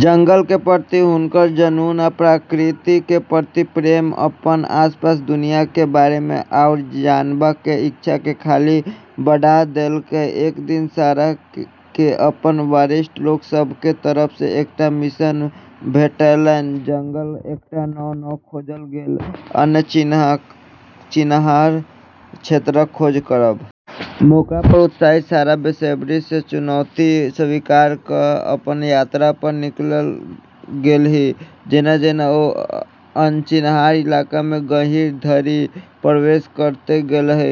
जंगलक प्रति हुनकर जुनून आ प्रकृति केँ प्रति प्रेम अपन आसपासक दुनियाक बारे मे आउर जानबाक इच्छा केँ खाली बढ़ा देलकै। एक दिन सारा केँ अपन वरिष्ठ लोक सभक तरफ सँ एकटा मिशन भेटलैन: जंगलक एकटा नव-नव खोजल गेल, अनचिन्हार क्षेत्रक खोज करब। मौका पर उत्साहित सारा बेसब्री सँ चुनौती स्वीकार कऽ अपन यात्रा पर निकलि गेलीह। जेना-जेना ओ अनचिन्हार इलाका मे गहींर धरि प्रवेश करैत गेलीह,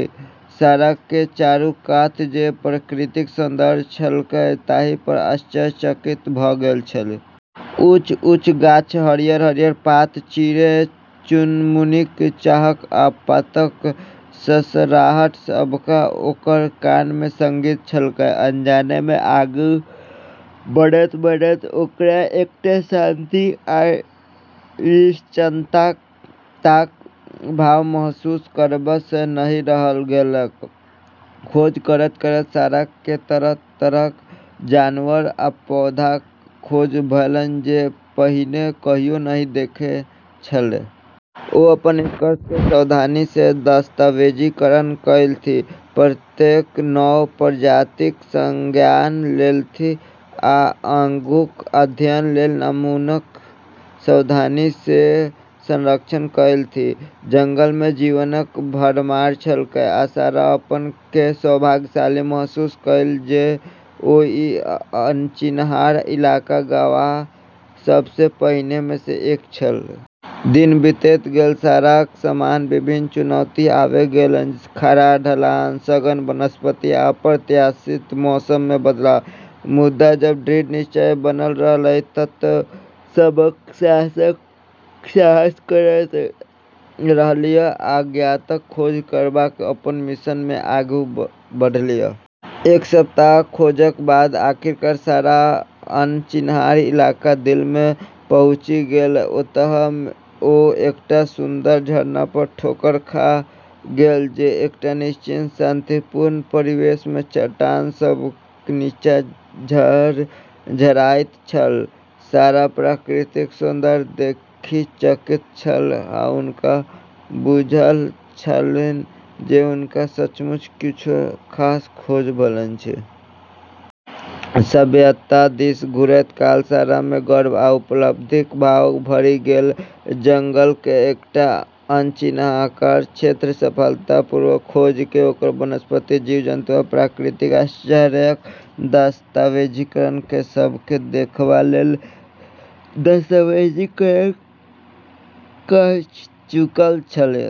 सारा केँ चारू कात जे प्राकृतिक सौन्दर्य छलैक ताहि पर आश्चर्यचकित भऽ गेल छलीह। ऊँच-ऊँच गाछ, हरियर-हरियर पात, चिड़ै-चुनमुनीक चहक आ पातक सरसराहट सबटा ओकर कान मे संगीत छलैक। अनजान मे आगू बढ़ैत-बढ़ैत ओकरा एकटा शांति आ निश्चिन्तताक भाव महसूस करबा सँ नहि रहल गेलैक। खोज करैत-करैत सारा केँ तरह-तरहक जानवर आ पौधाक खोज भेलैन जे पहिने कहियो नहि देखने छलीह। ओ अपन निष्कर्ष केँ सावधानी सँ दस्तावेजीकरण कएलथि, प्रत्येक नव प्रजातिक संज्ञान लेलथि आ आगूक अध्ययन लेल नमूनाक सावधानी सँ संरक्षण कएलथि। जंगल मे जीवनक भरमार छलैक, आ सारा अपना केँ सौभाग्यशाली महसूस कएलनि जे ओ ई अनचिन्हार इलाकाक गवाह सब सँ पहिने मे सँ एक छलीह। दिन बीतैत गेल, साराक सामने विभिन्न चुनौती आबि गेलैन, खड़ा ढलान, सघन वनस्पति, आ अप्रत्याशित मौसम मे बदलाव। मुदा ओ दृढ़ निश्चयी बनल रहलीह, तत्व सभक साहस करैत रहलीह आ अज्ञातक खोज करबाक अपन मिशन मे आगू बढ़लीह। एक सप्ताहक खोजक बाद आखिरकार सारा अनचिन्हार इलाकाक दिल मे पहुँची गेलीह। ओतय ओ एकटा सुन्दर झरना पर ठोकर खा गेलीह, जे एकटा निश्चिंत, शांतिपूर्ण परिवेश मे चट्टान सभक नीचाँ झरझराइत छल। सारा प्राकृतिक सौन्दर्य देखि चकित छलीह, आ हुनका बुझल छलनि जे हुनका सचमुच किछु खास खोज भेलैन अछि। सभ्यता दिस घुरैत काल सारा मे गर्व आ उपलब्धिक भाव भरि गेल। जंगलक एकटा अनचिन्हार क्षेत्रक सफलतापूर्वक खोज कऽ ओकर वनस्पति, जीव-जन्तु आ प्राकृतिक आश्चर्यक दस्तावेजीकरण कऽ सब केँ देखबा लेल दस्तावेजीकरण कऽ चुकल छलीह।